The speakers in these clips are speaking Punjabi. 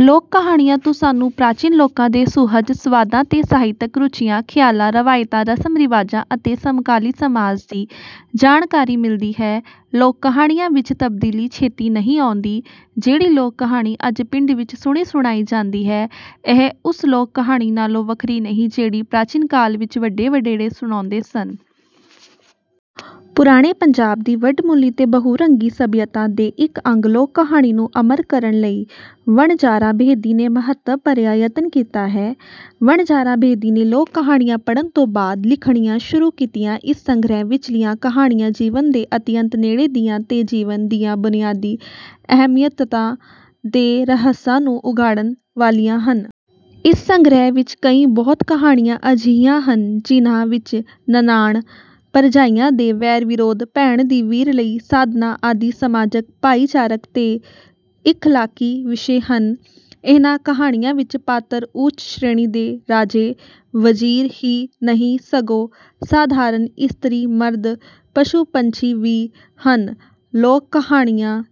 ਲੋਕ-ਕਹਾਣੀਆਂ ਤੋਂ ਸਾਨੂੰ ਪ੍ਰਾਚੀਨ ਲੋਕਾਂ ਦੇ ਸੁਹਜ, ਸਵਾਦਾਂ ਤੇ ਸਾਹਿਤਕ ਰੁਚੀਆਂ, ਖ਼ਿਆਲਾਂ, ਰਵਾਇਤਾਂ, ਰਸਮ-ਰਿਵਾਜਾਂ ਅਤੇ ਸਮਕਾਲੀ ਸਮਾਜ ਦੀ ਜਾਣਕਾਰੀ ਮਿਲਦੀ ਹੈ। ਲੋਕ-ਕਹਾਣੀਆਂ ਵਿਚ ਤਬਦੀਲੀ ਛੇਤੀ ਨਹੀਂ ਆਉਂਦੀ। ਜਿਹੜੀ ਲੋਕ-ਕਹਾਣੀ ਅੱਜ ਪਿੰਡ ਵਿਚ ਸੁਣੀ-ਸੁਣਾਈ ਜਾਂਦੀ ਹੈ, ਇਹ ਉਸ ਲੋਕ-ਕਹਾਣੀ ਨਾਲੋਂ ਵੱਖਰੀ ਨਹੀਂ, ਜਿਹੜੀ ਪ੍ਰਾਚੀਨ ਕਾਲ ਵਿਚ ਵੱਡੇ-ਵਡੇਰੇ ਸੁਣਾਉਂਦੇ ਸਨ। ਪੁਰਾਣੇ ਪੰਜਾਬ ਦੀ ਵਡਮੁੱਲੀ ਤੇ ਬਹੁ-ਰੰਗੀ ਸਭਿਅਤਾ ਦੇ ਇਕ ਅੰਗ ਲੋਕ-ਕਹਾਣੀ ਨੂੰ ਅਮਰ ਕਰਨ ਲਈ ਵਣਜਾਰਾ ਬੇਦੀ ਨੇ ਮਹੱਤਵ-ਭਰਿਆ ਯਤਨ ਕੀਤਾ ਹੈ। ਵਣਜਾਰਾ ਬੇਦੀ ਨੇ ਲੋਕ-ਕਹਾਣੀਆਂ ਪੜ੍ਹਨ ਤੋਂ ਬਾਅਦ ਲਿਖਣੀਆਂ ਸ਼ੁਰੂ ਕੀਤੀਆਂ। ਇਸ ਸੰਗ੍ਰਹਿ ਵਿਚਲੀਆਂ ਕਹਾਣੀਆਂ ਜੀਵਨ ਦੇ ਅਤਿਅੰਤ ਨੇੜੇ ਦੀਆਂ ਤੇ ਜੀਵਨ ਦੀਆਂ ਬੁਨਿਆਦੀ ਅਹਿਮੀਅਤਾਂ ਤੇ ਰਹੱਸਾਂ ਨੂੰ ਉਘਾੜਨ ਵਾਲੀਆਂ ਹਨ। ਇਸ ਸੰਗ੍ਰਹਿ ਵਿਚ ਕਈ ਬਹੁਤ ਕਹਾਣੀਆਂ ਅਜਿਹੀਆਂ ਹਨ, ਜਿਹਨਾਂ ਵਿਚ ਨਨਾਣ-ਭਰਜਾਈਆਂ ਦੇ ਵੈਰ-ਵਿਰੋਧ, ਭੈਣ ਦੀ ਵੀਰ ਲਈ ਸਾਧਨਾ ਆਦਿ ਸਮਾਜਕ, ਭਾਈਚਾਰਕ ਤੇ ਇਖ਼ਲਾਕੀ ਵਿਸ਼ੇ ਹਨ। ਇਹਨਾਂ ਕਹਾਣੀਆਂ ਵਿਚ ਪਾਤਰ ਉੱਚ-ਸ਼੍ਰੇਣੀ ਦੇ ਰਾਜੇ, ਵਜ਼ੀਰ ਹੀ ਨਹੀਂ, ਸਗੋਂ ਸਾਧਾਰਨ ਇਸਤਰੀ-ਮਰਦ, ਪਸ਼ੂ-ਪੰਛੀ ਵੀ ਹਨ। ਲੋਕ-ਕਹਾਣੀਆਂ,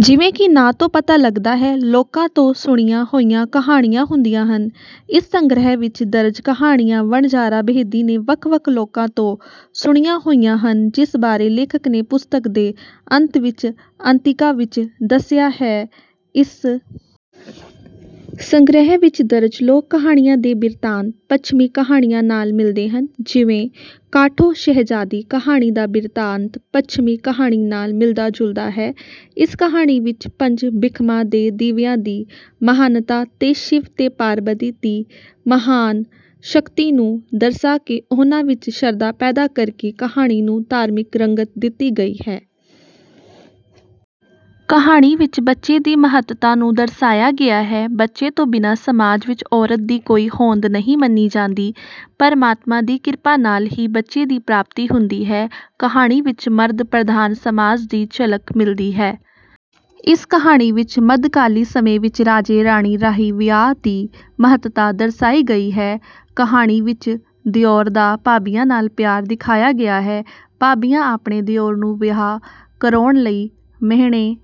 ਜਿਵੇਂ ਕਿ ਨਾਂ ਤੋਂ ਪਤਾ ਲਗਦਾ ਹੈ, ਲੋਕਾਂ ਤੋਂ ਸੁਣੀਆਂ ਹੋਈਆਂ ਕਹਾਣੀਆਂ ਹੁੰਦੀਆਂ ਹਨ। ਇਸ ਸੰਗ੍ਰਹਿ ਵਿਚ ਦਰਜ ਕਹਾਣੀਆਂ ਵਣਜਾਰਾ ਬੇਦੀ ਨੇ ਵੱਖ-ਵੱਖ ਲੋਕਾਂ ਤੋਂ ਸੁਣੀਆਂ ਹੋਈਆਂ ਹਨ, ਜਿਸ ਬਾਰੇ ਲੇਖਕ ਨੇ ਪੁਸਤਕ ਦੇ ਅੰਤ ਵਿਚ ਅੰਤਿਕਾ ਵਿਚ ਦੱਸਿਆ ਹੈ। ਇਸ ਸੰਗ੍ਰਹਿ ਵਿਚ ਦਰਜ ਲੋਕ-ਕਹਾਣੀਆਂ ਦੇ ਬਿਰਤਾਂਤ ਪੱਛਮੀ ਕਹਾਣੀਆਂ ਨਾਲ ਮਿਲਦੇ ਹਨ। ਜਿਵੇਂ ‘ਕਾਠੋ ਸ਼ਹਿਜ਼ਾਦੀ’ ਕਹਾਣੀ ਦਾ ਬਿਰਤਾਂਤ ਪੱਛਮੀ ਕਹਾਣੀ ਨਾਲ ਮਿਲਦਾ-ਜੁਲਦਾ ਹੈ। ਇਸ ਕਹਾਣੀ ਵਿਚ ਪੰਜ ਭੀਖਮਾਂ ਦੇ ਦੀਵਿਆਂ ਦੀ ਮਹਾਨਤਾ ਤੇ ਸ਼ਿਵ ਤੇ ਪਾਰਬਤੀ ਦੀ ਮਹਾਨ ਸ਼ਕਤੀ ਨੂੰ ਦਰਸਾ ਕੇ ਉਨ੍ਹਾਂ ਵਿਚ ਸ਼ਰਧਾ ਪੈਦਾ ਕਰਕੇ ਕਹਾਣੀ ਨੂੰ ਧਾਰਮਿਕ ਰੰਗਤ ਦਿੱਤੀ ਗਈ ਹੈ। ਕਹਾਣੀ ਵਿਚ ਬੱਚੇ ਦੀ ਮਹੱਤਤਾ ਨੂੰ ਦਰਸਾਇਆ ਗਿਆ ਹੈ। ਬੱਚੇ ਤੋਂ ਬਿਨਾਂ ਸਮਾਜ ਵਿਚ ਔਰਤ ਦੀ ਕੋਈ ਹੋਂਦ ਨਹੀਂ ਮੰਨੀ ਜਾਂਦੀ। ਪਰਮਾਤਮਾ ਦੀ ਕਿਰਪਾ ਨਾਲ ਹੀ ਬੱਚੇ ਦੀ ਪ੍ਰਾਪਤੀ ਹੁੰਦੀ ਹੈ। ਕਹਾਣੀ ਵਿੱਚ ਮਰਦ-ਪ੍ਰਧਾਨ ਸਮਾਜ ਦੀ ਝਲਕ ਮਿਲਦੀ ਹੈ। ਇਸ ਕਹਾਣੀ ਵਿਚ ਮੱਧਕਾਲੀ ਸਮੇਂ ਵਿਚ ਰਾਜੇ-ਰਾਣੀ ਰਾਹੀਂ ਵਿਆਹ ਦੀ ਮਹੱਤਤਾ ਦਰਸਾਈ ਗਈ ਹੈ। ਕਹਾਣੀ ਵਿਚ ਦਿਉਰ ਦਾ ਭਾਬੀਆਂ ਨਾਲ ਪਿਆਰ ਦਿਖਾਇਆ ਗਿਆ ਹੈ। ਭਾਬੀਆਂ ਆਪਣੇ ਦਿਉਰ ਨੂੰ ਵਿਆਹ ਕਰਾਉਣ ਲਈ ਮਿਹਣੇ...